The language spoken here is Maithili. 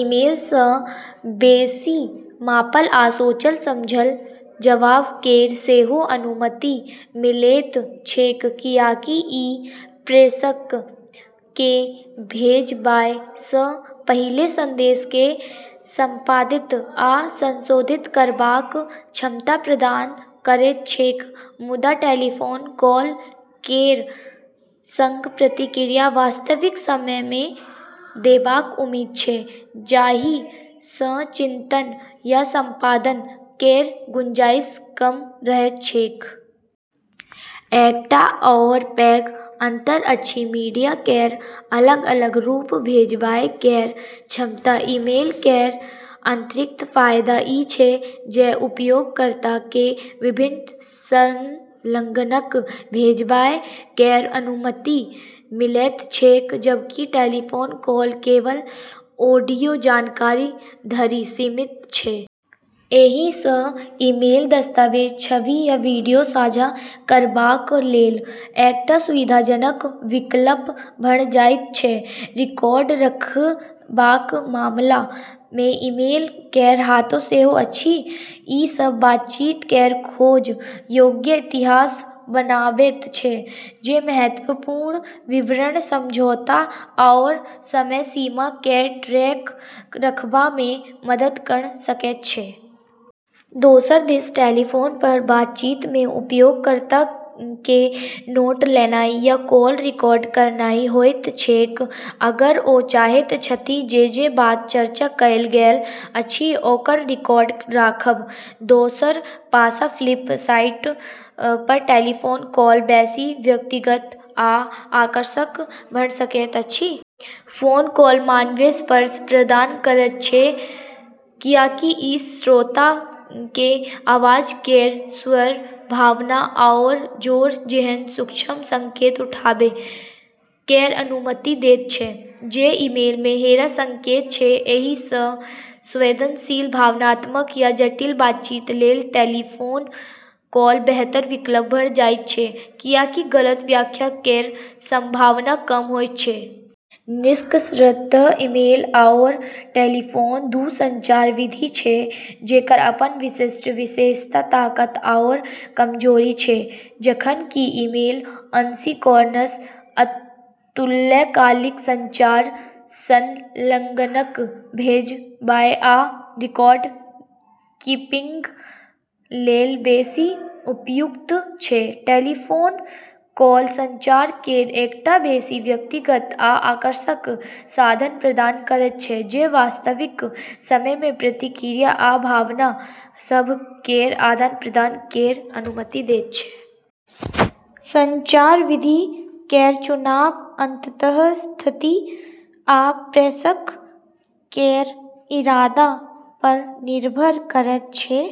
ईमेल सँ बेसि मापल आ सोचल-समझल जवाब केर सेहो अनुमति मिलैत छैक, कियाकि ई प्रेषक केँ भेजबाय सँ पहिले संदेश केँ संपादित आ संशोधित करबाक क्षमता प्रदान करैत छैक। मुदा टेलीफोन कॉल केर संग प्रतिक्रिया वास्तविक समय मे देबाक उम्मीद छै, जाहि सँ चिंतन या संपादन केर गुंजाइश कम रहैत छैक। एकटा आओर पैघ अंतर अछि मीडिया केर अलग-अलग रूप भेजबाय केर क्षमता। ईमेल केर अतिरिक्त फायदा ई छै जे उपयोगकर्ता केँ विभिन्न संलग्नक भेजबाय केर अनुमति मिलैत छैक, जबकि टेलीफोन कॉल केवल ऑडियो जानकारी धरि सीमित छै। एहि सँ ईमेल दस्तावेज, छवि, या वीडियो साझा करबाक लेल एकटा सुविधाजनक विकल्प भऽ जाइत छै। रिकॉर्ड रखबाक मामला मे ईमेल केर हाथ सेहो अछि। ई सभ बातचीत केर खोज योग्य इतिहास बनाबैत छै, जे महत्वपूर्ण विवरण, समझौता आओर समय सीमा केर ट्रैक रखबा मे मदद कऽ सकैत छै। दोसर दिस टेलीफोन पर बातचीत मे उपयोगकर्ता केँ नोट लेनाइ या कॉल रिकॉर्ड करनाइ होइत छैक अगर ओ चाहैत छथि जे जे बात चर्चा कएल गेल अछि ओकर रिकॉर्ड राखब। दोसर पासा फ्लिप साइड पर टेलीफोन कॉल बेसी व्यक्तिगत आ आकर्षक भऽ सकैत अछि। फोन कॉल मानवीय स्पर्श प्रदान करैत छै, कियाकि ई श्रोता केँ आवाज केर स्वर, भावना, आओर जोर जेहन सूक्ष्म संकेत उठाबै केर अनुमति दैत छै, जे ईमेल मे हेरा सकैत छै। एहि सँ संवेदनशील, भावनात्मक या जटिल बातचीत लेल टेलीफोन कॉल बेहतर विकल्प भऽ जाइत छै, कियाकि गलत व्याख्या केर संभावना कम होइत छै। निष्कर्षतः ईमेल आओर टेलीफोन दू संचार विधि छै जेकर अपन विशिष्ट विशेषता, ताकत आओर कमजोरी छै। जखन कि ईमेल असिंक्रोनस अतुल्यकालिक संचार, संलग्नक भेजबाय, आ रिकॉर्ड-कीपिंग लेल बेसि उपयुक्त छै; टेलीफोन कॉल संचार केर एकटा बेसि व्यक्तिगत आ आकर्षक साधन प्रदान करैत छै जे वास्तविक समय मे प्रतिक्रिया आ भावना सभ केर आदान-प्रदान केर अनुमति दैत छै। संचार विधि केर चुनाव अंततः स्थिति आ प्रेषक केर इरादा पर निर्भर करैत छै।